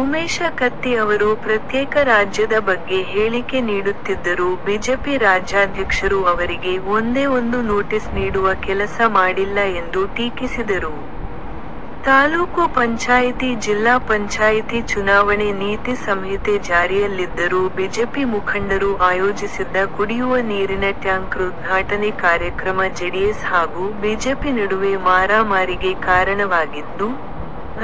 ಉಮೇಶ ಕತ್ತಿ ಅವರು ಪ್ರತ್ಯೇಕ ರಾಜ್ಯದ ಬಗ್ಗೆ ಹೇಳಿಕೆ ನೀಡುತ್ತಿದ್ದರೂ ಬಿಜೆಪಿ ರಾಜ್ಯಾಧ್ಯಕ್ಷರು ಅವರಿಗೆ ಒಂದೇ ಒಂದು ನೋಟಿಸ್ ನೀಡುವ ಕೆಲಸ ಮಾಡಿಲ್ಲ ಎಂದು ಟೀಕಿಸಿದರು. ತಾಲೂಕು ಪಂಚಾಯಿತಿ ಜಿಲ್ಲಾ ಪಂಚಾಯಿತಿ ಚುನಾವಣೆ ನೀತಿ ಸಂಹಿತೆ ಜಾರಿಯಲ್ಲಿದ್ದರೂ ಬಿಜೆಪಿ ಮುಖಂಡರು ಆಯೋಜಿಸಿದ್ದ ಕುಡಿಯುವ ನೀರಿನ ಟ್ಯಾಂಕರ್ ಉದ್ಘಾಟನೆ ಕಾರ್ಯಕ್ರಮ ಜೆಡಿಎಸ್ ಹಾಗೂ ಬಿಜೆಪಿ ನಡುವೆ ಮಾರಾಮಾರಿಗೆ ಕಾರಣವಾಗಿದ್ದು,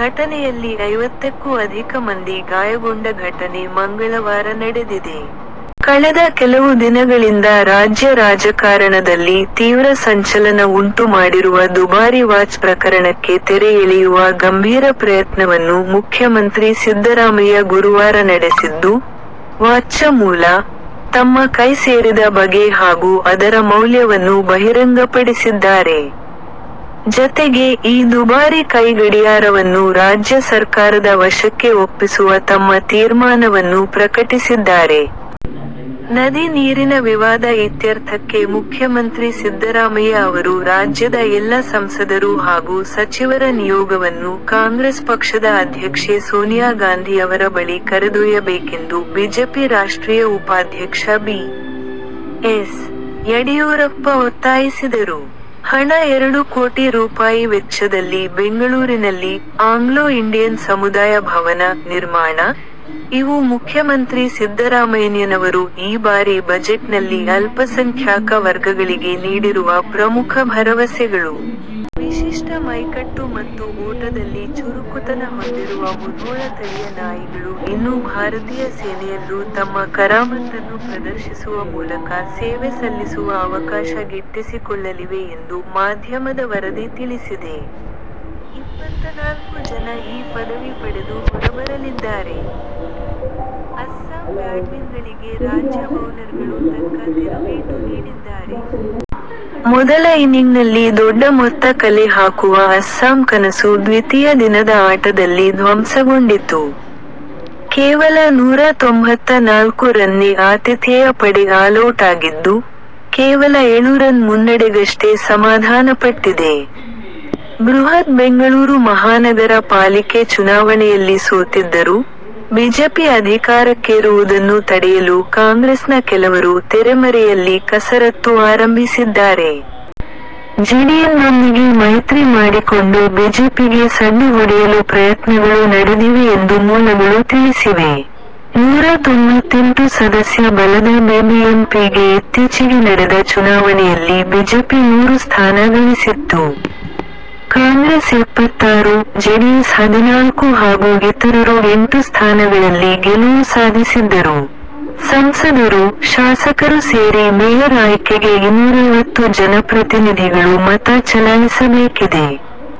ಘಟನೆಯಲ್ಲಿ ಐವತ್ತಕ್ಕೂ ಅಧಿಕ ಮಂದಿ ಗಾಯಗೊಂಡ ಘಟನೆ ಮಂಗಳವಾರ ನಡೆದಿದೆ. ಕಳೆದ ಕೆಲವು ದಿನಗಳಿಂದ ರಾಜ್ಯ ರಾಜಕಾರಣದಲ್ಲಿ ತೀವ್ರ ಸಂಚಲನ ಉಂಟು ಮಾಡಿರುವ ದುಬಾರಿ ವಾಚ್ ಪ್ರಕರಣಕ್ಕೆ ತೆರೆ ಎಳೆಯುವ ಗಂಭೀರ ಪ್ರಯತ್ನವನ್ನು ಮುಖ್ಯಮಂತ್ರಿ ಸಿದ್ದರಾಮಯ್ಯ ಗುರುವಾರ ನಡೆಸಿದ್ದು, ವಾಚ್ನ ಮೂಲ, ತಮ್ಮ ಕೈ ಸೇರಿದ ಬಗೆ ಹಾಗೂ ಅದರ ಮೌಲ್ಯವನ್ನು ಬಹಿರಂಗಪಡಿಸಿದ್ದಾರೆ. ಜತೆಗೆ, ಈ ದುಬಾರಿ ಕೈ ಗಡಿಯಾರವನ್ನು ರಾಜ್ಯ ಸರ್ಕಾರದ ವಶಕ್ಕೆ ಒಪ್ಪಿಸುವ ತಮ್ಮ ತೀರ್ಮಾನವನ್ನು ಪ್ರಕಟಿಸಿದ್ದಾರೆ. ಮಹದಾಯಿ ನದಿ ನೀರಿನ ವಿವಾದ ಇತ್ಯರ್ಥಕ್ಕೆ ಮುಖ್ಯಮಂತ್ರಿ ಸಿದ್ದರಾಮಯ್ಯ ಅವರು ರಾಜ್ಯದ ಎಲ್ಲ ಸಂಸದರು ಹಾಗೂ ಸಚಿವರ ನಿಯೋಗವನ್ನು ಕಾಂಗ್ರೆಸ್ ಪಕ್ಷದ ಅಧ್ಯಕ್ಷೆ ಸೋನಿಯಾ ಗಾಂಧಿ ಅವರ ಬಳಿ ಕರೆದೊಯ್ಯಬೇಕೆಂದು ಬಿಜೆಪಿ ರಾಷ್ಟ್ರೀಯ ಉಪಾಧ್ಯಕ್ಷ ಬಿ. ಎಸ್. ಯಡಿಯೂರಪ್ಪ ಒತ್ತಾಯಿಸಿದರು. ಹಣ ಎರಡು ಕೋಟಿ ರೂಪಾಯಿ ವೆಚ್ಚದಲ್ಲಿ ಬೆಂಗಳೂರಿನಲ್ಲಿ 'ಆಂಗ್ಲೋ ಇಂಡಿಯನ್ ಸಮುದಾಯ ಭವನ' ನಿರ್ಮಾಣ, ಇವು ಮುಖ್ಯಮಂತ್ರಿ ಸಿದ್ದರಾಮಯ್ಯನವರು ಈ ಬಾರಿ ಬಜೆಟ್ನಲ್ಲಿ ಅಲ್ಪಸಂಖ್ಯಾಕ ವರ್ಗಗಳಿಗೆ ನೀಡಿರುವ ಪ್ರಮುಖ ಭರವಸೆಗಳು. ವಿಶಿಷ್ಟ ಮೈಕಟ್ಟು ಮತ್ತು ಓಟದಲ್ಲಿ ಚುರುಕುತನ ಹೊಂದಿರುವ ಮುಧೋಳ ತಳಿಯ ನಾಯಿಗಳು ಇನ್ನು ಭಾರತೀಯ ಸೇನೆಯಲ್ಲೂ ತಮ್ಮ ಕರಾಮತ್ತನ್ನು ಪ್ರದರ್ಶಿಸುವ ಮೂಲಕ ಸೇವೆ ಸಲ್ಲಿಸುವ ಅವಕಾಶ ಗಿಟ್ಟಿಸಿಕೊಳ್ಳಲಿವೆ ಎಂದು ಮಾಧ್ಯಮದ ವರದಿ ತಿಳಿಸಿದೆ. ಇಪ್ಪತ್ತನಾಲ್ಕು ಜನ ಈ ಪದವಿ ಪಡೆದು ಹೊರಬರಲಿದ್ದಾರೆ. ಅಸ್ಸಾಂ ಬ್ಯಾಟ್ಸ್ಮನ್ಗಳಿಗೆ ರಾಜ್ಯ ಬೌಲರ್ಗಳು ತಕ್ಕ ತಿರುಗೇಟು ನೀಡಿದ್ದಾರೆ. ಮೊದಲ ಇನಿಂಗ್ಸ್ನಲ್ಲಿ ದೊಡ್ಡ ಮೊತ್ತ ಕಲೆ ಹಾಕುವ ಅಸ್ಸಾಂ ಕನಸು ದ್ವಿತೀಯ ದಿನದ ಆಟದಲ್ಲಿ ಧ್ವಂಸಗೊಂಡಿತು. ಕೇವಲ ನೂರ ತೊಂಭತ್ತ ನಾಲ್ಕು ರನ್ಗೆ ಆತಿಥೇಯ ಪಡೆ ಆಲೌಟ್ ಆಗಿದ್ದು, ಕೇವಲ ಎಳು ರನ್ ಮುನ್ನಡೆಗಷ್ಟೇ ಸಮಾಧಾನಪಟ್ಟಿದೆ. ಬೃಹತ್ ಬೆಂಗಳೂರು ಮಹಾನಗರ ಪಾಲಿಕೆ ಚುನಾವಣೆಯಲ್ಲಿ ಸೋತಿದ್ದರೂ, ಬಿಜೆಪಿ ಅಧಿಕಾರಕ್ಕೇರುವುದನ್ನು ತಡೆಯಲು ಕಾಂಗ್ರೆಸ್ನ ಕೆಲವರು ತೆರೆಮರೆಯಲ್ಲಿ ಕಸರತ್ತು ಆರಂಭಿಸಿದ್ದಾರೆ. ಜೆಡಿಎಸ್ನೊಂದಿಗೆ ಮೈತ್ರಿ ಮಾಡಿಕೊಂಡು ಬಿಜೆಪಿಗೆ ಸಡ್ಡು ಹೊಡೆಯಲು ಪ್ರಯತ್ನಗಳು ನಡೆದಿವೆ ಎಂದು ಮೂಲಗಳು ತಿಳಿಸಿವೆ. ನೂರ ತೊಂಭತ್ತೆಂಟು ಸದಸ್ಯ ಬಲದ ಬಿ ಬಿ ಎಂ ಪಿ ಗೆ ಇತ್ತೀಚೆಗೆ ನಡೆದ ಚುನಾವಣೆಯಲ್ಲಿ ಬಿಜೆಪಿ ನೂರು ಸ್ಥಾನ ಗಳಿಸಿತ್ತು. ಕಾಂಗ್ರೆಸ್ ಎಪ್ಪತ್ತಾರು, ಜೆ ಡಿ ಎಸ್ ಹದಿನಾಲ್ಕು ಹಾಗೂ ಇತರರು ಎಂಟು ಸ್ಥಾನಗಳಲ್ಲಿ ಗೆಲುವು ಸಾಧಿಸಿದ್ದರು. ಸಂಸದರು, ಶಾಸಕರು ಸೇರಿ ಮೇಯರ್ ಆಯ್ಕೆಗೆ ಇನೂರೈವತ್ತು ಜನಪ್ರತಿನಿಧಿಗಳು ಮತ ಚಲಾಯಿಸಬೇಕಿದೆ.